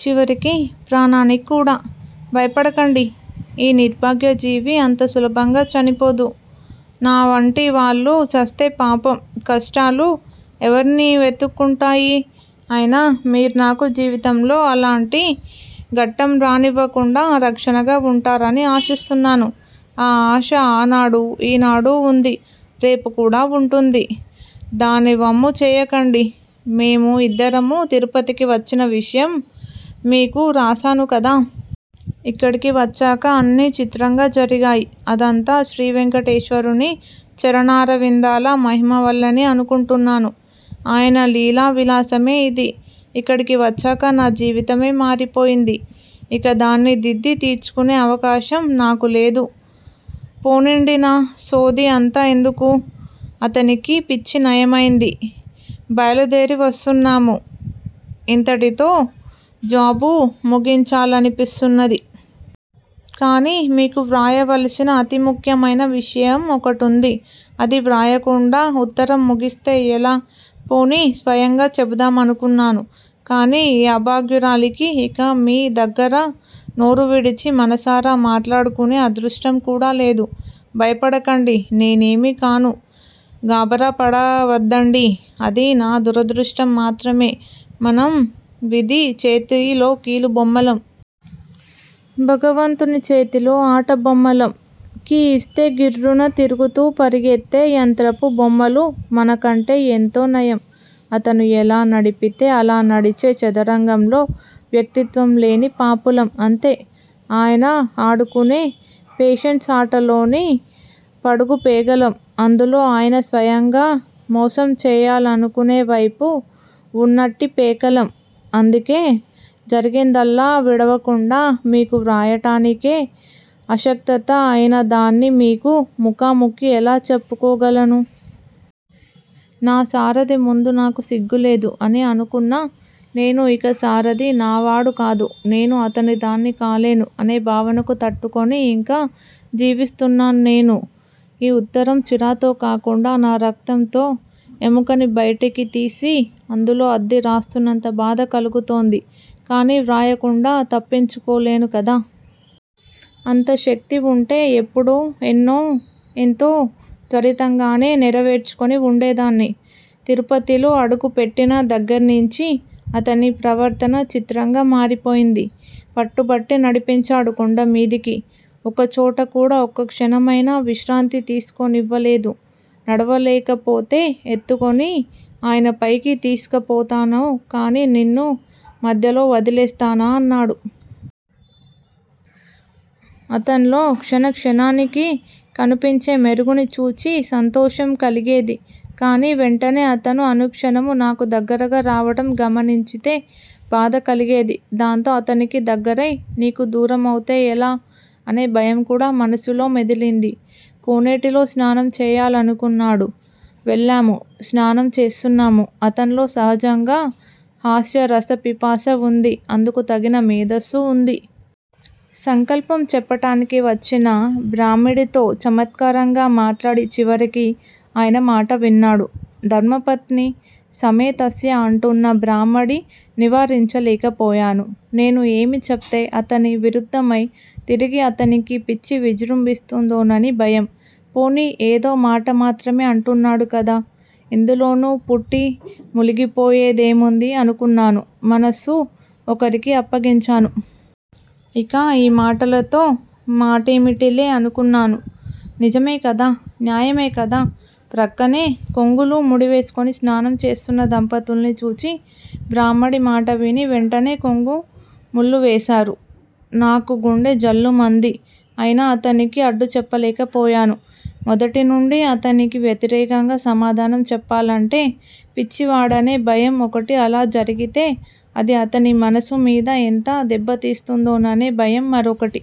చివరికి ప్రాణానికి కూడా! భయపడకండి-ఈ నిర్భాగ్య జీవి అంతసులభంగా చనిపోదు నావంటివాళ్ళు చస్తే పాపం! కష్టాలు ఎవర్నివెతుక్కుంటాయ్. అయినా మీరు నాకు జీవితంలో అలాంటి ఘట్టంరానివ్వకుండా రక్షణగా వుంటారని ఆశిస్తున్నాను-ఆ ఆశ ఆనాడు ఈనాడూ వుంది-రేపు కూడా వుంటుంది. దానివమ్ము చేయకండి! మేము ఇద్దరమూ తిరుపతికి వచ్చిన విషయం మీకు రాశానుకదా? ఇక్కడికి వచ్చాక అన్నీ చిత్రంగా జరిగాయి. అదంతా శ్రీవేంకటేశ్వరుని చరణారవిందాల మహిమవల్లనే అనుకుంటున్నాను. ఆయన లీలా విలాసమే ఇది. ఇక్కడికివచ్చాక నా జీవితమే మారిపోయింది. ఇకధాన్ని దిద్ది తీర్చుకునే అవకాశం నాకులేదు- పోనీండినా సోది అంతా ఎందుకు? అతనికి పిచ్చి నయమైంది. బయలుదేరివస్తున్నాము ఇంతటితో జాబు ముగించాలనిపిస్తున్నది. కానీ-మీకు వ్రాయవలసిన అతి ముఖ్యమైన విషయం ఒకటుంది. అది వ్రాయకుండా ఉత్తరంముగిస్తే ఎలా? పోనీ స్వయంగా చెపుదామనుకున్నాను. కానీ ఈ అభాగ్యురాలికి ఇక మీ దగ్గరనోరువిడిచి మనసారా మాట్లాడుకునే అదృష్టం కూడా లేదు. భయపడకండి. నేనేమీ కాను. గాబరాపడవద్దండి అది నా దురదృష్టం మాత్రమే. మనం విధి చేతిలోకీలు బొమ్మలం. భగవంతునిచేతిలో ఆటబొమ్మలం. కీఇస్తే గిర్రున తిరుగుతూపరుగెత్తే యంత్రపు బొమ్మలు మనకంటే ఎంతో నయం. అతను ఎలా నడిపితే అలా నడిచే చదరంగంలో వ్యక్తిత్వం లేని పాపులం. అంతే! ఆయన ఆడుకునే పేషన్స్ ఆటలోని పడుగుపేగలం. అందులో ఆయన స్వయంగా మోసం చేయాలనుకునేవైపు వున్నట్టిపేకలం. అందుకే జరిగిందల్లా విడువకుండా మీకు వ్రాయటానికే అశక్తత అయిన దాన్ని మీకు ముఖాముఖి ఎలా చెప్పుకోగలను? నాసారధి ముందు నాకు సిగ్గులేదు అని అనుకున్న నేను ఇక సారధి నా వాడుకాదు-నేను అతనిదాన్ని కాలేను అనేభావనకు తట్టుకుని ఇంకా జీవిస్తున్నాన్నేను. ఈ ఉత్తరం సిరాతో కాకుండా నా రక్తంతో ఎముకని బయటికి తీసి అందులో అద్ది రాస్తున్నంత బాధ కలుగుతోంది. కానీవ్రాయకుండా తప్పించుకోలేనుకదా? అంత శక్తి వుంటే ఎప్పుడో ఎన్నో ఎంతో త్వరితంగానే నెరవేర్చుకుని వుండేదాన్ని. తిరుపతిలో అడుగు పెట్టిన దగ్గర్నించీ అతని ప్రవర్తన చిత్రంగా మారిపోయింది. పట్టుబట్టి నడిపించాడు కొండమీదికి. ఒకచోటకూడా ఒక్కక్షణమైనా విశ్రాంతితీసుకోనివ్వలేదు. నడువలేకపోతే ఎత్తుకుని అయినా పైకి తీసుకపోతాను కానీ నిన్ను మధ్యలో వదిలేస్తానా అన్నాడు. అతన్లో క్షణ క్షణానికి కనిపించేమెరుగుని చూచి సంతోషంకలిగేది. కానీ-వెంటనే అతను అనుక్షణమూ నాకు దగ్గరగా రావటం గమనించితే బాధకలిగేది-- దాంతో అతనికి దగ్గరై నీకు దూరమౌతే ఎలా? అనే భయంకూడా మనసులో మెదిలింది. కోనేటిలోస్నానం చేయాలన్నాడు. వెళ్ళాము స్నానంచేస్తున్నాము. అతన్లో సహజంగా హాస్యరసపిపాస వుంది. అందుకు తగిన మేధస్సు వుంది. సంకల్పం చెప్పటానికి వచ్చిన బ్రాహ్మడితో చమత్కారంగా మాట్లాడిచివరికి ఆయన మాటవిన్నాడు. ధర్మపత్ని సమేతస్య అంటున్న బ్రాహ్మడి నివారించలేకపోయాను. నేను ఏమి చెప్తే అతని విరుద్దమై తిరిగి అతనికి పిచ్చివిజ్రుంభిస్తుందోనని భయం. పోనీ ఏదో మాట మాత్రమే అంటున్నాడు కదా? ఇందులోనా పుట్టి ములిగిపోయేదేముంది అనుకున్నాను. మనస్సు ఒకరికి అప్పగించాను. ఇక ఈ మాటలతో మాటేమిటిలే అనుకున్నాను. నిజమేకదా? న్యాయమే కదా? ప్రక్కనే కొంగులు ముడివేసుకుని స్నానం చేస్తున్నదంపతుల్ని చూచి బ్రాహ్మడి మాటవిని వెంటనే కొంగు ముళ్ళువేశారు. నాకుగుండె ఝల్లుమంది అయినా అతనికి అడ్డుచెప్పలేకపోయాను. మొదటినుండి అతనికి వ్యతిరేకంగా సమాధానం చెప్పాలంటే పిచ్చివాడనే భయం ఒకటి అలా జరిగితే అది అతని మనసు మీద ఎంత దెబ్బతీస్తుందోననే భయం మరొకటి.